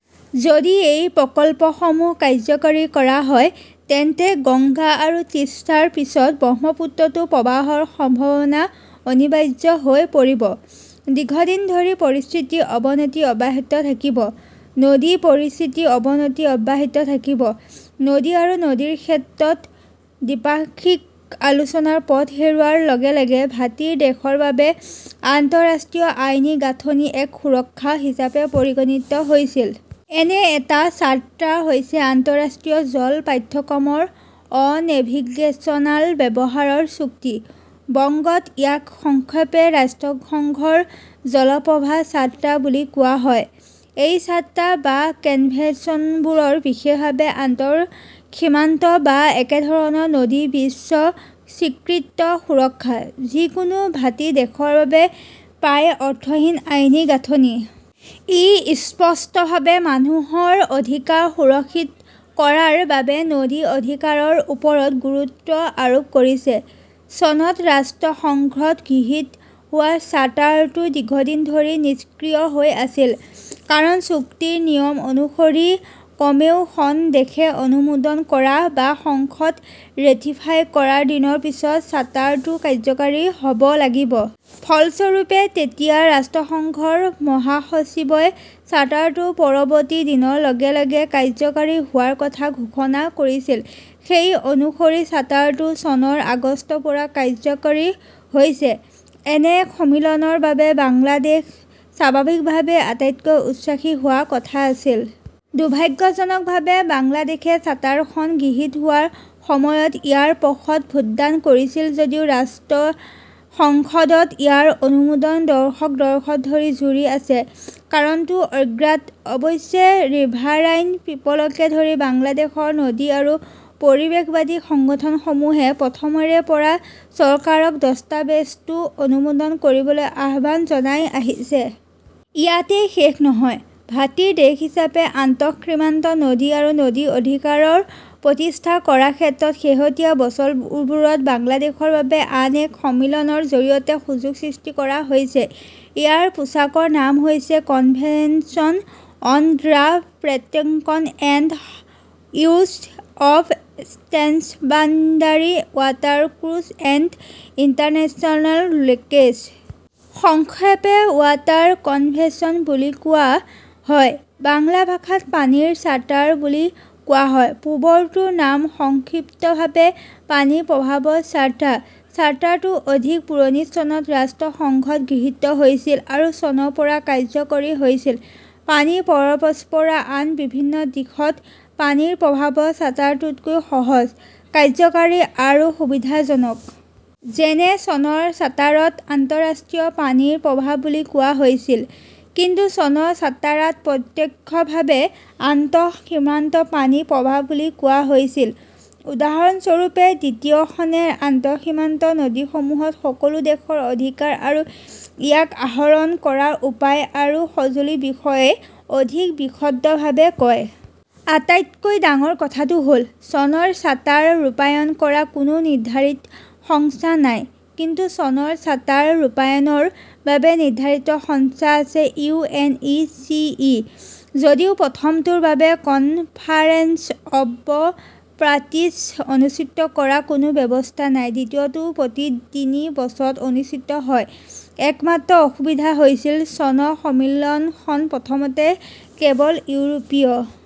যদি এই প্ৰকল্পসমূহ কাৰ্যকৰী কৰা হয়, তেন্তে গংগা আৰু তিষ্টাৰ পিছত ব্ৰহ্মপুত্ৰতো প্ৰৱাহৰ সম্ভাৱনা অনিবাৰ্য হৈ পৰিব। দীৰ্ঘদিন ধৰি পৰিস্থিতিৰ অৱনতি অব্যাহত থাকিব। নদী আৰু নদীৰ ক্ষেত্ৰত দ্বিপাক্ষিক আলোচনাৰ পথ হেৰুওৱাৰ লগে লগে ভাটিৰ দেশৰ বাবে আন্তঃৰাষ্ট্ৰীয় আইনী গাঁথনি এক সুৰক্ষা হিচাপে পৰিগণিত হৈছিল। এনে এটা চাৰ্টাৰ হৈছে আন্তঃৰাষ্ট্ৰীয় জল পাঠ্যক্ৰমৰ অ-নেভিগেচনাল ব্যৱহাৰৰ চুক্তি। বংগত ইয়াক সংক্ষেপে ৰাষ্ট্ৰসংঘৰ জল প্ৰবাহ চাৰ্টাৰ, বুলি কোৱা হয়। এই চাৰ্টাৰ বা কনভেনচনবোৰ বিশেষভাৱে আন্তঃসীমান্ত বা একেধৰণৰ নদীৰ বিশ্ব স্বীকৃত সুৰক্ষা। যিকোনো ভাটি দেশৰ বাবে প্ৰায় অৰ্থহীন আইনী গাঁথনি। ই স্পষ্টভাৱে মানুহৰ অধিকাৰ সুৰক্ষিত কৰাৰ বাবে নদীৰ অধিকাৰৰ ওপৰত গুৰুত্ব আৰোপ কৰিছে। চনত ৰাষ্ট্ৰসংঘত গৃহীত হোৱা চাৰ্টাৰটো দীৰ্ঘদিন ধৰি নিষ্ক্ৰিয় হৈ আছিল। কাৰণ চুক্তিৰ নিয়ম অনুসৰি কমেও খন দেশে অনুমোদন কৰা বা সংসদত ৰেটিফাই' কৰাৰ দিনৰ পিছত চাৰ্টাৰটো কাৰ্যকৰী হ 'ব লাগিব। ফলস্বৰূপে, তেতিয়াৰ ৰাষ্ট্ৰসংঘৰ মহাসচিবই চাৰ্টাৰটো পৰৱৰ্তী দিনৰ লগে লগে কাৰ্যকৰী হোৱাৰ কথা ঘোষণা কৰিছিল। সেই অনুসৰি চাৰ্টাৰটো চনৰ আগষ্টৰ পৰা কাৰ্যকৰী হৈছে। এনে এক সন্মিলনৰ বাবে বাংলাদেশ স্বাভাৱিকভাৱেই আটাইতকৈ উৎসাহী হোৱাৰ কথা আছিল। দুৰ্ভাগ্যজনকভাৱে বাংলাদেশই চাৰ্টাৰখন গৃহীত হোৱাৰ সময়ত ইয়াৰ পক্ষত ভোটদান কৰিছিল যদিও ৰাষ্ট্ৰীয় সংসদত ইয়াৰ অনুমোদন দশক দশক ধৰি ঝুৰি আছে। কাৰণটো অজ্ঞাত। অৱশ্যে ৰিভাৰাইন পিপলকে ধৰি বাংলাদেশৰ নদী আৰু পৰিৱেশবাদী সংগঠনসমূহে প্ৰথমৰে পৰাই চৰকাৰক দস্তাবেজটো অনুমোদন কৰিবলৈ আহ্বান জনাই আহিছে। ইয়াতেই শেষ নহয়। ভাটিৰ দেশ হিচাপে আন্তঃসীমান্ত নদী আৰু নদীৰ অধিকাৰ প্ৰতিষ্ঠা কৰাৰ ক্ষেত্ৰত শেহতীয়া বছৰবোৰত বাংলাদেশৰ বাবে আন এক সন্মিলনৰ জৰিয়তে সুযোগ সৃষ্টি কৰা হৈছে। ইয়াৰ পোচাকৰ নাম হৈছে 'convention on the protection and use of transboundary watercourses and international lakes. সংক্ষেপে ৱাটাৰ কনভেনচন বুলি কোৱা হয়। বাংলা ভাষাত পানীৰ চাৰ্টাৰ বুলি কোৱা হয়। পূৰ্বৰটোৰ নাম সংক্ষিপ্তভাৱে পানীৰ প্ৰবাহৰ চাৰ্টাৰ । চাৰ্টাৰটো অধিক পুৰণি- চনত ৰাষ্ট্ৰসংঘত গৃহীত হৈছিল আৰু চনৰ পৰা কাৰ্যকৰী হৈছিল। পানীৰ পৰম্পৰা আন বিভিন্ন দিশত পানীৰ প্ৰবাহৰ চাৰ্টাৰতকৈ সহজ, কাৰ্যকৰী আৰু সুবিধাজনক। যেনে চনৰ চাৰ্টাৰত 'আন্তঃৰাষ্ট্ৰীয় পানীৰ প্ৰৱাহ বুলি কোৱা হৈছিল, কিন্তু চনৰ চাৰ্টাৰত প্ৰত্যক্ষভাৱে' আন্তঃসীমান্ত পানীৰ প্ৰৱাহ" বুলি কোৱা হৈছিল। উদাহৰণস্বৰূপে, দ্বিতীয়খনে আন্তঃসীমান্ত নদীসমূহত সকলো দেশৰ অধিকাৰ আৰু ইয়াক আহৰণ কৰাৰ উপায় আৰু সঁজুলিৰ বিষয়ে অধিক বিশদভাৱে কয়। আটাইতকৈ ডাঙৰ কথাটো হ 'ল, চনৰ চাৰ্টাৰ ৰূপায়ণ কৰা কোনো নিৰ্ধাৰিত সংস্থা নাই; কিন্তু চনৰ চাৰ্টাৰ ৰূপায়ণৰ বাবে নিৰ্ধাৰিত সংস্থা আছে-ইউ. এন. ই. চি. ই.। যদিও প্ৰথমটোৰ বাবে 'কনফাৰেন্স অৱ পাৰ্টিজ "অনুষ্ঠিত কৰাৰ কোনো ব্যৱস্থা নাই, দ্বিতীয়টো প্ৰতি তিনি বছৰত অনুষ্ঠিত হয়। একমাত্ৰ অসুবিধা আছিল। চনৰ সন্মিলনখন প্ৰথমতে কেৱল ইউৰোপীয়